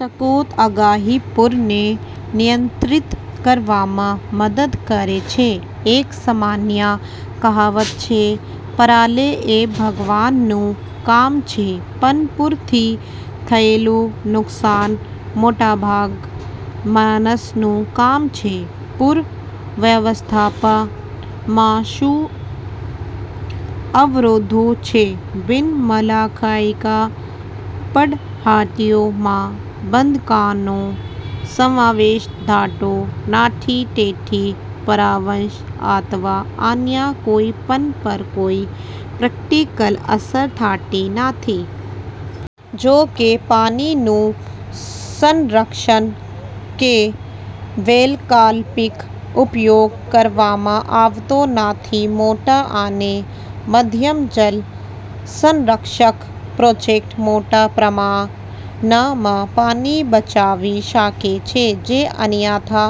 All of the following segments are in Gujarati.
સચોટ આગાહી પૂરને નિયંત્રિત કરવામાં મદદ કરે છે. એક સામાન્ય કહેવત છે: "પ્રલય એ ભગવાનનું કામ છે, પણ પૂરથી થયેલું નુકસાન મોટાભાગે માણસનું કામ છે". પૂર વ્યવસ્થાપનમાં શું અવરોધો છે? બિન-માળખાકીય પદ્ધતિઓમાં બાંધકામનો સમાવેશ થતો નથી, તેથી પર્યાવરણ અથવા અન્ય કોઈપણ પર કોઈ પ્રતિકૂળ અસર થતી નથી. જો કે, પાણીનું સંરક્ષણ કે વૈકલ્પિક ઉપયોગ કરવામાં આવતું નથી. મોટા અને મધ્યમ જળ સંરક્ષક પ્રોજેક્ટ્સ મોટા પ્રમાણમાં પાણી બચાવી શકે છે, જે અન્યથા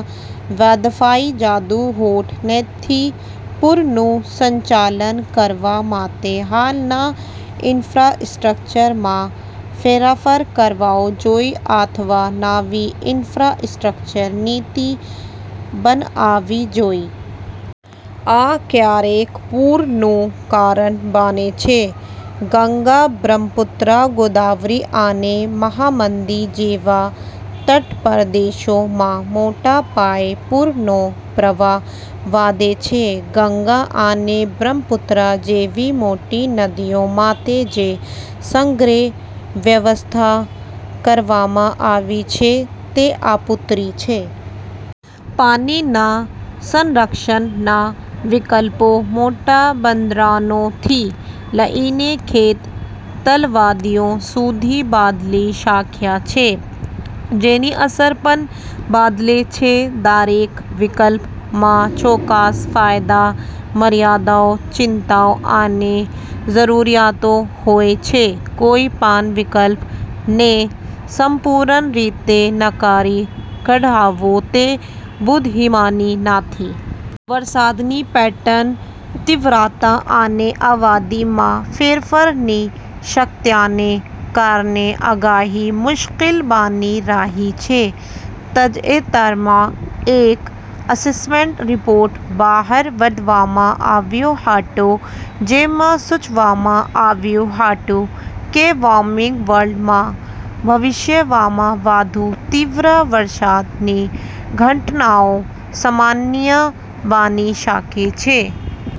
વેડફાઇ જતું હોત. તેથી, પૂરનું સંચાલન કરવા માટે, હાલના ઈન્ફ્રાસ્ટ્રક્ચરમાં ફેરફાર કરવો જોઈએ અથવા નવી ઈન્ફ્રાસ્ટ્રક્ચર નીતિ બનાવવી જોઈએ. આ ક્યારેક પૂરનું કારણ બને છે. ગંગા, બ્રહ્મપુત્રા, ગોદાવરી અને મહાનદી જેવા તટપ્રદેશોમાં મોટા પાયે પૂરનો પ્રવાહ વધારે છે. ગંગા અને બ્રહ્મપુત્રા જેવી મોટી નદીઓ માટે જે સંગ્રહ વ્યવસ્થા કરવામાં આવી છે તે અપૂરતી છે. પાણીના સંરક્ષણના વિકલ્પો મોટા ભંડારણોથી લઈને ખેત તલાવડીઓ સુધી બદલી શકાય છે. જેની અસર પણ બદલાય છે. દરેક વિકલ્પમાં ચોક્કસ ફાયદા, મર્યાદાઓ, ચિંતાઓ અને જરૂરિયાતો હોય છે. કોઈપણ વિકલ્પને સંપૂર્ણ રીતે નકારી કાઢવો તે બુદ્ધિમાની નથી. વરસાદની પેટર્ન, તીવ્રતા અને અવધિમાં ફેરફારની શક્યતા આગાહીને મુશ્કેલ બનાવી રહી છે. તાજેતરમાં એ એસેસમેન્ટ રિપોર્ટ બહાર પાડ્યો હતો, જેમાં સૂચવવામાં આવ્યું હતું કે, વોર્મિંગ વિશ્વમાં, ભવિષ્યમાં વધુ તીવ્ર વરસાદની ઘટનાઓ સામાન્ય બનાવી શકે છે.